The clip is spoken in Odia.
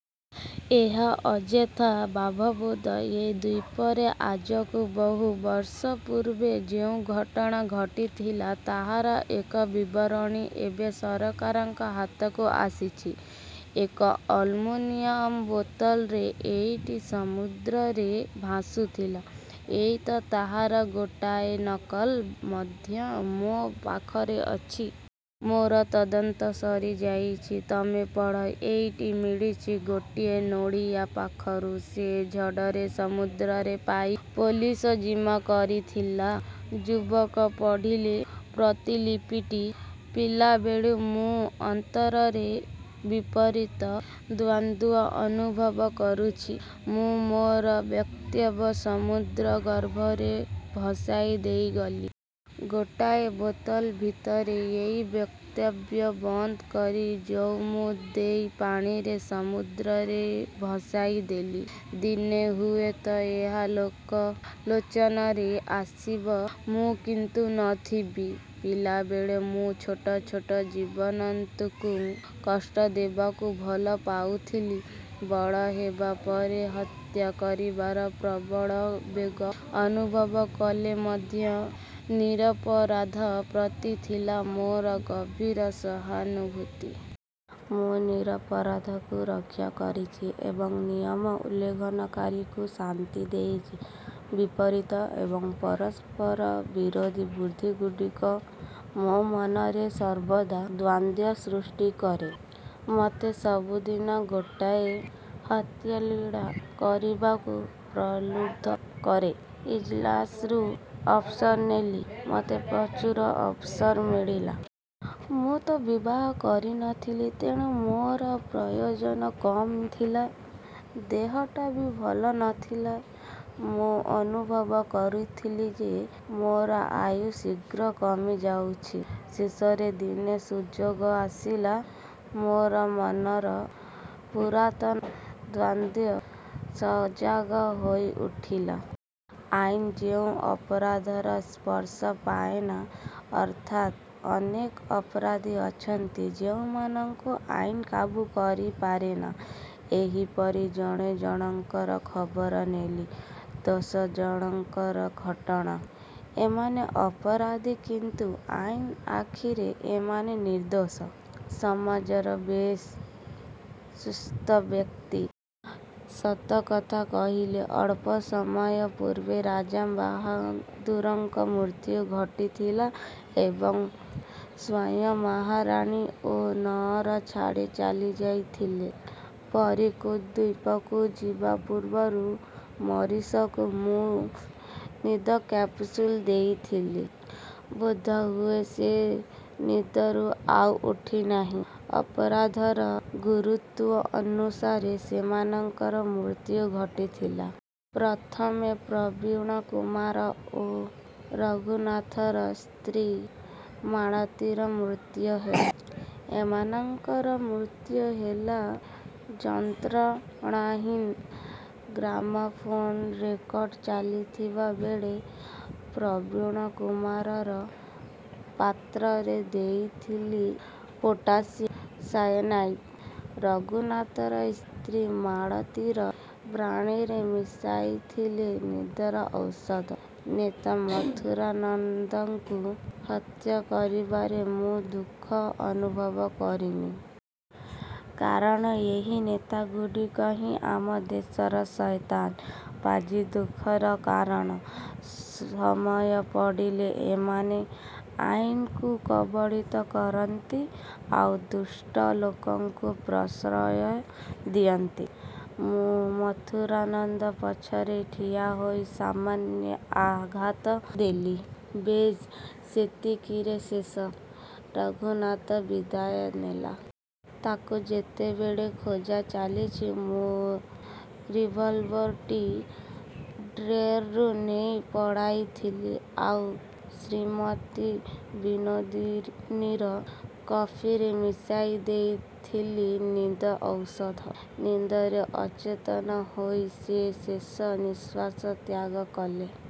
ଏହା ଅଯଥା ଭାବବୋଧ। ଏ ଦ୍ଵୀପରେ ଆଜକୁ ବହୁ ବର୍ଷ ପୂର୍ବେ ଯେଉଁ ଘଟଣା ଘଟିଥିଲା ତାହାର ଏକ ବିବରଣୀ ଏବେ ସରକାରଙ୍କ ହାତକୁ ଆସିଛି। ଏକ ଆଲୁମିନିୟମ ବୋତଲରେ ଏଇଟି ସମୁଦ୍ରରେ ଭାସୁଥିଲା। ଏଇ ତ ତାହାର ଗୋଟାଏ ନକଲ ମଧ୍ୟ ମୋ ପାଖରେ ଅଛି। ମୋର ତଦନ୍ତ ସରିଯାଇଛି। ତମେ ପଢ଼। ଏଇଟି ମିଳିଛି ଗୋଟିଏ ନୋଳିଆ ପାଖରୁ। ସେ ଝଡ଼ରେ ସମୁଦ୍ରରେ ପାଇ ପୋଲିସ ଜିମା କରିଥିଲା। ଯୁବକ ପଢ଼ିଲେ ପ୍ରତିଲିପିଟି, ପିଲାବେଳୁ ମୁଁ ଅନ୍ତରରେ ବିପରୀତ ଦ୍ଵନ୍ଦ୍ୱ ଅନୁଭବ କରୁଛି। ମୁଁ ମୋର ବକ୍ତବ୍ୟ ସମୁଦ୍ର ଗର୍ଭରେ ଭସାଇ ଦେଇଗଲି। ଗୋଟାଏ ବୋତଲ ଭିତରେ ଏହି ବକ୍ତବ୍ୟ ବନ୍ଦ କରି ଜଉମୁଦ ଦେଇ ପାଣିରେ ସମୁଦ୍ରରେ ଭସାଇଦେଲି। ଦିନେ ହୁଏତ ଏହା ଲୋକଲୋଚନରେ ଆସିବ। ମୁଁ କିନ୍ତୁ ନ ଥିବି। ପିଲାବେଳେ ମୁଁ ଛୋଟ ଛୋଟ ଜୀବଜନ୍ତୁଙ୍କୁ କଷ୍ଟ ଦେବାକୁ ଭଲ ପାଉଥିଲି। ବଡ଼ ହେବା ପରେ ହତ୍ୟା କରିବାର ପ୍ରବଳ ବେଗ ଅନୁଭବ କଲେ ମଧ୍ୟ ନିରପରାଧ ପ୍ରତି ଥିଲା ମୋର ଗଭୀର ସହାନୁଭୂତି। ମୁଁ ନିରପରାଧକୁ ରକ୍ଷା କରିଛି ଏବଂ ନିୟମ ଉଲ୍ଲଂଘନକାରୀକୁ ଶାସ୍ତି ଦେଇଛି। ବିପରୀତ ଏବଂ ପରସ୍ପର ବିରୋଧୀ ବୃତ୍ତିଗୁଡ଼ିକ ମୋ ମନରେ ସର୍ବଦା ଦ୍ଵନ୍ଦ୍ୱ ସୃଷ୍ଟି କରେ। ମୋତେ ସବୁଦିନ ଗୋଟାଏ ହତ୍ୟାଲୀଳା କରିବାକୁ ପ୍ରଲୁବ୍ଧ କରେ। ମୁଁ ଇଜଲାସରୁ ଅବସର ନେଲି। ମୋତେ ପ୍ରଚୁର ଅବସର ମିଳିଲା। ମୁଁ ତ ବିବାହ କରି ନ ଥିଲି ତେଣୁ ମୋର ପ୍ରୟୋଜନ କମ୍ ଥିଲା। ଦେହଟା ବି ଭଲ ନ ଥିଲା। ମୁଁ ଅନୁଭବ କରୁଥିଲି ଯେ ମୋର ଆୟୁ ଶୀଘ୍ର କମିଯାଉଛି। ଶେଷରେ ଦିନେ ସୁଯୋଗ ଆସିଲା। ମୋର ମନର ପୁରାତନ ଦ୍ଵନ୍ଦ୍ୱ ସଜାଗ ହୋଇଉଠିଲା। ଆଇନ ଯେଉଁ ଅପରାଧର ସ୍ପର୍ଶ ପାଏନା, ଅର୍ଥାତ୍ ଅନେକ ଅପରାଧୀ ଅଛନ୍ତି ଯେଉଁମାନଙ୍କୁ ଆଇନ କାବୁ କରି ପାରେନା, ଏହିପରି ଜଣ ଜଣଙ୍କର ଖବର ନେଲି। ଦଶ ଜଣଙ୍କର ଘଟଣା। ଏମାନେ ଅପରାଧୀ କିନ୍ତୁ ଆଇନ ଆଖିରେ ଏମାନେ ନିର୍ଦ୍ଦୋଷ, ସମାଜର ବେଶ୍ ସୁସ୍ଥ ବ୍ୟକ୍ତି। ସତ କଥା କହିଲେ, ଅଳ୍ପ ସମୟ ପୂର୍ବେ ରାଜାବାହାଦୁରଙ୍କ ମୃତ୍ୟୁ ଘଟିଥିଲା ଏବଂ ସ୍ୱୟଂ ମହାରାଣୀ ଏ ନଅର ଛାଡ଼ି ଚାଲିଯାଇଥିଲେ। ବରିକୁଦ ଦ୍ଵୀପକୁ ଯିବା ପୂର୍ବରୁ ମରିସକୁ ମୁଁ ନିଦ କ୍ୟାପସୁଲ ଦେଇଥିଲି। ବୋଧହୁଏ ସେ ନିଦରୁ ଆଉ ଉଠିନାହିଁ। ଅପରାଧର ଗୁରୁତ୍ଵ ଅନୁସାରେ ସେମାନଙ୍କର ମୃତ୍ୟୁ ଘଟିଥିଲା। ପ୍ରଥମେ ପ୍ରବୀଣକୁମାର ଓ ରଘୁନାଥର ସ୍ତ୍ରୀ ମାଳତୀର ମୃତ୍ୟୁ ହେଲା। ଏମାନଙ୍କର ମୃତ୍ୟୁ ହେଲା ଯନ୍ତ୍ରଣାହୀନ। ଗ୍ରାମୋଫୋନ ରେକର୍ଡ଼ ଚାଲିଥିବା ବେଳେ ପ୍ରବୀଣକୁମାରର ପାତ୍ରରେ ଦେଇଥିଲି ପଟାସିୟମ୍ ସାୟାନାଇଡ୍। ରଘୁନାଥର ସ୍ତ୍ରୀ ମାଳତୀର ବ୍ରାଣ୍ଡିରେ ମିଶାଇଥିଲି ନିଦର ଔଷଧ। ନେତା ମଥୁରାନନ୍ଦକୁ ହତ୍ୟା କରିବାରେ ମୁଁ ଦୁଃଖ ଅନୁଭବ କରିନି। କାରଣ ଏହି ନେତାଗୁଡ଼ିକ ହିଁ ଆମ ଦେଶର ଶୟତାନ, ପାଜି, ଦୁଃଖର କାରଣ। ସମୟ ପଡ଼ିଲେ ଏମାନେ ଆଇନକୁ କବଳିତ କରନ୍ତି ଆଉ ଦୁଷ୍ଟ ଲୋକକୁ ପ୍ରଶ୍ରୟ ଦିଅନ୍ତି। ମୁଁ ମଥୁରାନନ୍ଦ ପଛରେ ଠିଆ ହୋଇ ସାମାନ୍ୟ ଆଘାତ ଦେଲି, ବେଶ୍ ସେତିକିରେ ଶେଷ। ରଘୁନାଥ ବିଦାୟ ନେଲା। ତାକୁ ଯେତେବେଳେ ଖୋଜା ଚାଲିଛି ମୁଁ ରିଭଲଭର ଟି ଡ୍ରୟାରରୁ ନେଇ ପଳାଇଥିଲି, ଆଉ ଶ୍ରୀମତୀ ବିନୋଦିନୀର କଫିରେ ମିଶାଇଦେଇଥିଲି ନିଦ ଔଷଧ। ନିଦରେ ଅଚେତନ ହୋଇ ସେ ଶେଷ ନିଶ୍ୱାସ ତ୍ୟାଗ କଲେ।